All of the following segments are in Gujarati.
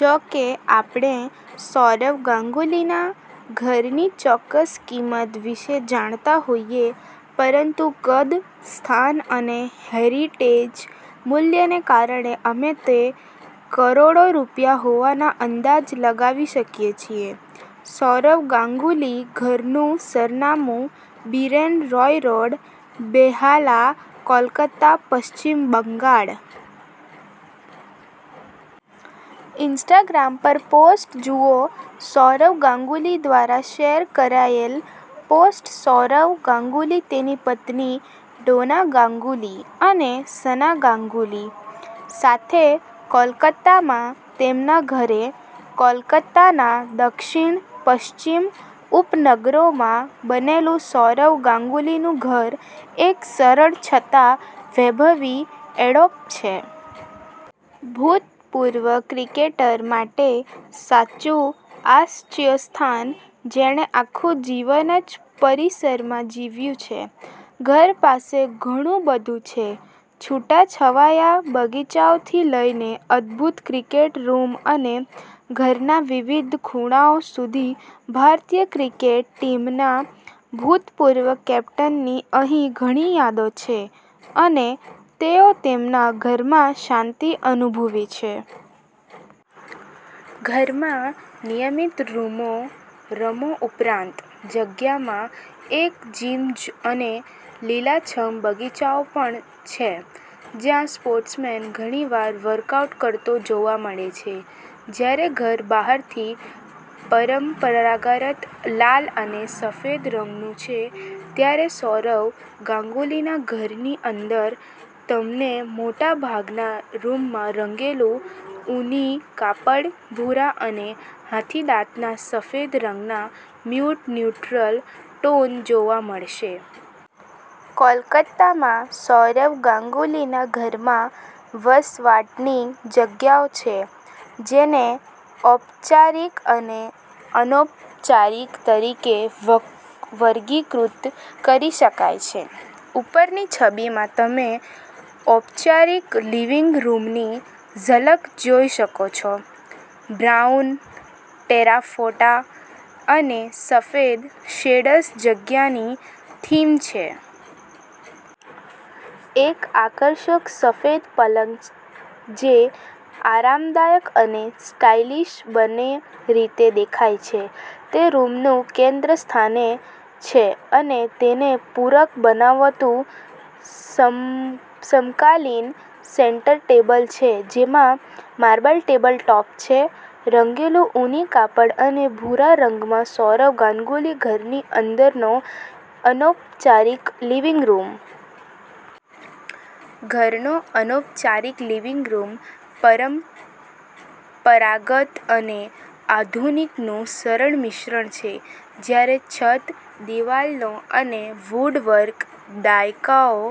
જો કે આપણે સૌરવ ગાંગુલીના ઘરની ચોક્કસ કિંમત વિશે જાણતા હોઈએ પરંતુ કદ, સ્થાન અને હેરિટેજ મૂલ્યને કારણે અમે તે કરોડો રૂપિયા હોવાનો અંદાજ લગાવી શકીએ છીએ. સૌરવ ગાંગુલી ઘરનું સરનામું બીરેન રોય રોડ, બેહાલા, કોલકાતા, પશ્ચિમ બંગાળ. ઇન્સ્ટાગ્રામ પર પોસ્ટ જુઓ સૌરવ ગાંગુલી દ્વારા શેર કરાયેલ પોસ્ટ સૌરવ ગાંગુલી તેની પત્ની ડોના ગાંગુલી અને સના ગાંગુલી સાથે કોલકાતામાં તેમના ઘરે. કોલકાતાના દક્ષિણ-પશ્ચિમ ઉપનગરોમાં બનેલું સૌરવ ગાંગુલીનું ઘર એક સરળ છતાં વૈભવી એડોબ છે. ભૂતપૂર્વ ક્રિકેટર માટે સાચું આશ્રયસ્થાન જેણે આખું જીવન જ પરિસરમાં જીવ્યું છે. ઘર પાસે ઘણું બધું છે. છૂટાછવાયા બગીચાઓથી લઈને અદ્ભુત ક્રિકેટ રૂમ અને ઘરના વિવિધ ખૂણાઓ સુધી ભારતીય ક્રિકેટ ટીમના ભૂતપૂર્વ કેપ્ટનની અહીં ઘણી યાદો છે અને તેઓ તેમના ઘરમાં શાંતિ અનુભવે છે. ઘરમાં નિયમિત રૂમો ઉપરાંત, જગ્યામાં એક જિમ અને લીલાછમ બગીચાઓ પણ છે જ્યાં સ્પોર્ટ્સમેન ઘણીવાર વર્કઆઉટ કરતો જોવા મળે છે. જ્યારે ઘર બહારથી પરંપરાગત લાલ અને સફેદ રંગનું છે, ત્યારે સૌરવ ગાંગુલીના ઘરની અંદર તમને મોટાભાગના રૂમમાં રંગેલું ઊની કાપડ, ભૂરા અને હાથીદાંતના સફેદ રંગના મ્યૂટ ન્યુટ્રલ ટોન જોવા મળશે. કોલકાતામાં સૌરવ ગાંગુલીના ઘરમાં વસવાટની જગ્યાઓ છે જેને ઔપચારિક અને અનૌપચારિક તરીકે વર્ગીકૃત કરી શકાય છે. ઉપરની છબીમાં તમે ઔપચારિક લિવિંગ રૂમની ઝલક જોઈ શકો છો. બ્રાઉન, ટેરાકોટા અને સફેદ શેડ્સ જગ્યાની થીમ છે. એક આકર્ષક સફેદ પલંગ જે આરામદાયક અને સ્ટાઇલિશ બંને રીતે દેખાય છે તે રૂમનું કેન્દ્રસ્થાને છે અને તેને પૂરક બનાવતું સમકાલીન સેન્ટર ટેબલ છે જેમાં માર્બલ ટેબલ ટોપ છે. રંગેલું ઊની કાપડ અને ભૂરા રંગમાં સૌરવ ગ્નાગુલી ઘરની અંદરનો અનૌપચારિક લિવિંગ રૂમ. ઘરનો અનૌપચારિક લિવિંગ રૂમ પરંપરાગત અને આધુનિકનું સરળ મિશ્રણ છે. જ્યારે છત, દિવાલો અને વુડવર્ક દાયકાઓ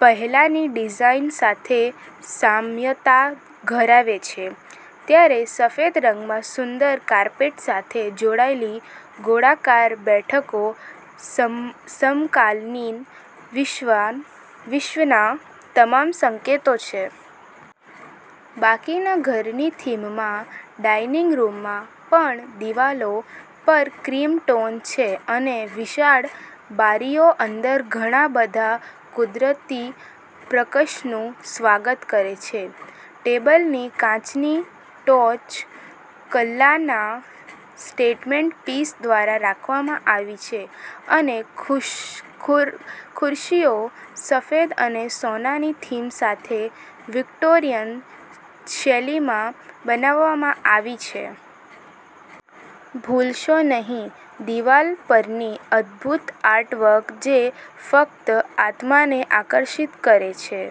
પહેલાની ડિઝાઈન સાથે સામ્યતા ધરાવે છે, ત્યારે સફેદ રંગમાં સુંદર કાર્પેટ સાથે જોડાયેલી ગોળાકાર બેઠકો સમકાલીન વિશ્વના તમામ સંકેતો છે. બાકીના ઘરની થીમમાં, ડાઇનિંગ રૂમમાં પણ દિવાલો પર ક્રીમ ટોન છે અને વિશાળ બારીઓ અંદર ઘણા બધા કુદરતી પ્રકાશનું સ્વાગત કરે છે. ટેબલની કાચની ટોચ કલાના સ્ટેટમેન્ટ પીસ દ્વારા રાખવામાં આવી છે અને ખુરશીઓ સફેદ અને સોનાની થીમ સાથે વિક્ટોરિયન શૈલીમાં બનાવવામાં આવી છે. ભૂલશો નહીં દિવાલ પરની અદભૂત આર્ટવર્ક જે ફક્ત આત્માને આકર્ષિત કરે છે.